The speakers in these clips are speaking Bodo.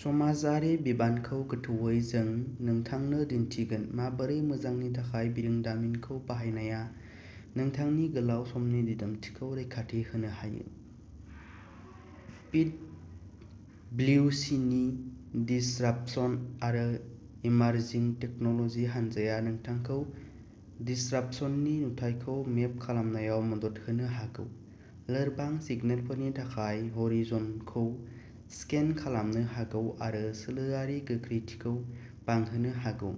समाजआरि बिबानखौ गोथौवै जों नोंथांनो दिन्थिगोन माबोरै मोजांनि थाखाय बिरोंदामिनखौ बाहायनाया नोंथांनि गोलाव समनि दिदोमथिखौ रैखाथि होनो हायो। पिडब्लिउसिनि दिसरापसन आरो इमारजिं टेक्न'ल'जि हान्जाया नोंथांखौ दिसरापसननि नुथायखौ मेप खालामनायाव मदद होनो हागौ, लोरबां सिगनेलफोरनि थाखाय ह'रिज'नखौ स्केन खालामनो हागौ आरो सोलोआरि गोख्रैथिखौ बांहोनो हागौ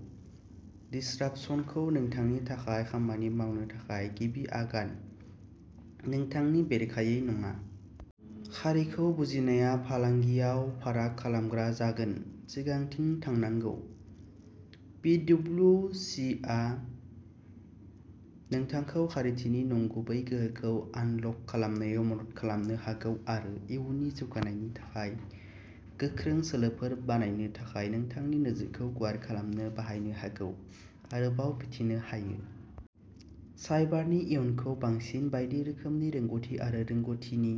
दिसरापसनखौ नोंथांनि थाखाय खामानि मावनो थाखाय गिबि आगान, नोंथांनि बेरेखायै नङा। खारिखौ बुजिनाया फालांगियाव फाराग खालामग्रा जागोन, सिगांथिं थांनांगौ। पिडब्लिउसिआ नोंथांखौ खारिथिनि नंगुबै गोहोखौ आनलक खालामनायाव मदद खालामनो हागौ आरो इयुननि जौगानायनि थाखाय गोख्रों सोलोफोर बानायनो थाखाय नोंथांनि नोजोरखौ गुवार खालामनो बाहायनो हागौ। आरोबाव मिथिनो हायो। साइबारनि इयुनखौ बांसिन बायदि रोखोमनि रोंग'थि आरो रोंग'थिनि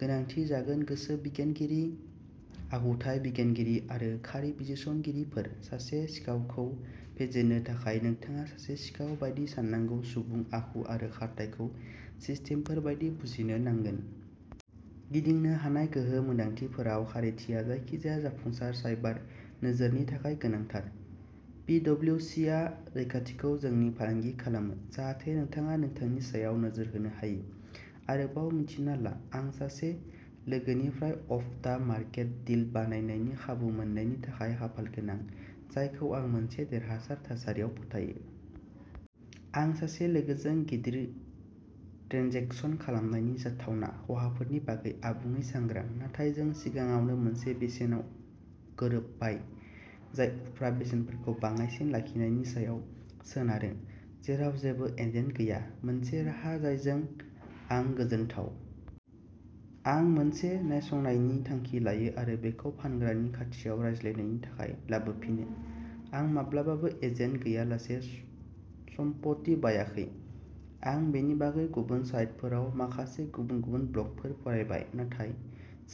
गोनांथि जागोन गोसो बिगियानगिरि, आखुथाय बिगियानगिरि आरो खारि बिजिरसंगिरिफोर। सासे सिखावखौ फेजेननो थाखाय, नोंथाङा सासे सिखाव बायदि साननांगौ सुबुं, आखु आरो खारथाइखौ सिस्टेमफोर बायदि बुजिनो नांगोन। गिदिंनो हानाय गोहो। मोनदांथिफोराव खारिथिया जायखिजाया जाफुंसार साइबार नोजोरनि थाखाय गोनांथार। पिडब्लिउसिआ रैखाथिखौ जोंनि फालांगि खालामो, जाहाथे नोंथाङा नोंथांनि सायाव नोजोर होनो हायो। आरोबाव मिन्थिना ला। आं सासे लोगोनिफ्राय अफ दा मार्केट डिल बायनायनि खाबु मोन्नायनि थाखाय खाफाल गोनां, जायखौ आं मोनसे देरहासार थासारियाव फोथायो। आं सासे लोगोजों गिदिर ट्रेन्जेकसन खालामनायनि जाथावना खहाफोरनि बागै आबुङै सांग्रां, नाथाय जों सिगाङावनो मोनसे बेसेनाव गोरोबबाय, जाय उफ्रा बेसेनफोरखौ बाङाइसिन लाखिनायनि सायाव सोनारो, जेराव जेबो एजेन्ट गैया, मोनसे राहा जायजों आं गोजोनथाव। आं मोनसे नायसंनायनि थांखि लायो आरो बेखौ फानग्रानि खाथियाव रायज्लायनायनि थाखाय लाबोफिनो। आं माब्लाबाबो एजेन्ट गैयालासे सम्पथि बायाखै। आं बेनि बागै गुबुन साइटफोराव माखासे गुबुन गुबुन ब्लगफोर फरायबाय, नाथाय,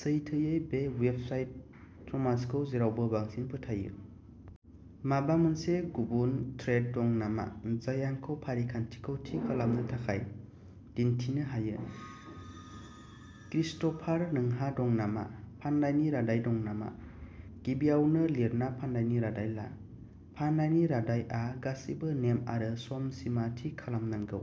सैथोयै बे वेबसाइट समाजखौ जेरावबो बांसिन फोथायो। माबा मोनसे गुबुन थ्रेड दं नामा, जाय आंखौ फारिखान्थिखौ थि खालामनो थाखाय दिन्थिनो हायो? क्रिस्ट'फार, नोंहा दं नामा? फान्नायनि रादाय दं नामा? गिबियावनो लिरना फान्नायनि रादाय ला। फान्नायनि रादाय आ गासैबो नेम आरो सम सिमा थि खालामनांगौ।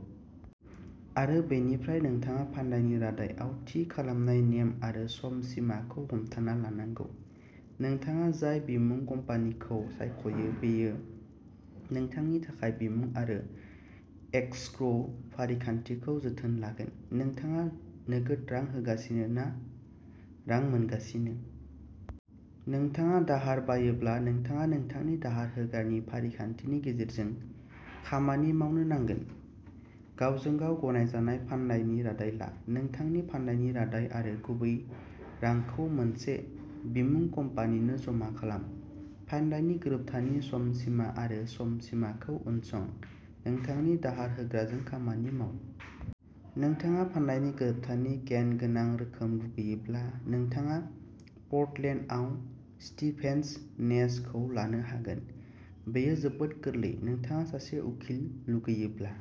आरो बेनिफ्राय नोंथाङा फान्नायनि रादाय आव थि खालामनाय नेम आरो सम सिमा खौ हमथाना थानांगौ। नोंथाङा जाय बिमुं कम्पानि खौ सायख'यो, बेयो नोंथांनि थाखाय बिमुं आरो एस्क्रो फारिखान्थिखौ जोथोन लागोन। नोंथाङा नोगोद रां होगासिनो ना रां मोनगासिनो? नोंथाङा दाहार बायोब्ला नोंथाङा नोंथांनि दाहार होग्रानि फारिखान्थिनि गेजेरजों खामानि मावनो नांगोन। गावजों गाव गनायजानाय फान्नायनि रादाय ला, नोंथांनि फान्नायनि रादाय आरो गुबै रांखौ मोनसे बिमुं कम्पानि नो जमा खालाम, फान्नायनि गोरोबथानि सम सिमा आरो सम सिमा खौ उनसं, नोंथांनि दाहार होग्राजों खामानि माव। नोंथाङा फान्नायनि गोरोबथानि केन गोनां रोखोम लुगैयोब्ला नोंथाङा पर्टलेन्ड आव स्टिभेन्स नेस खौ लानो हागोन। बेयो जोबोद गोरलै। नोंथाङा सासे उखिल लुगैयोब्ला।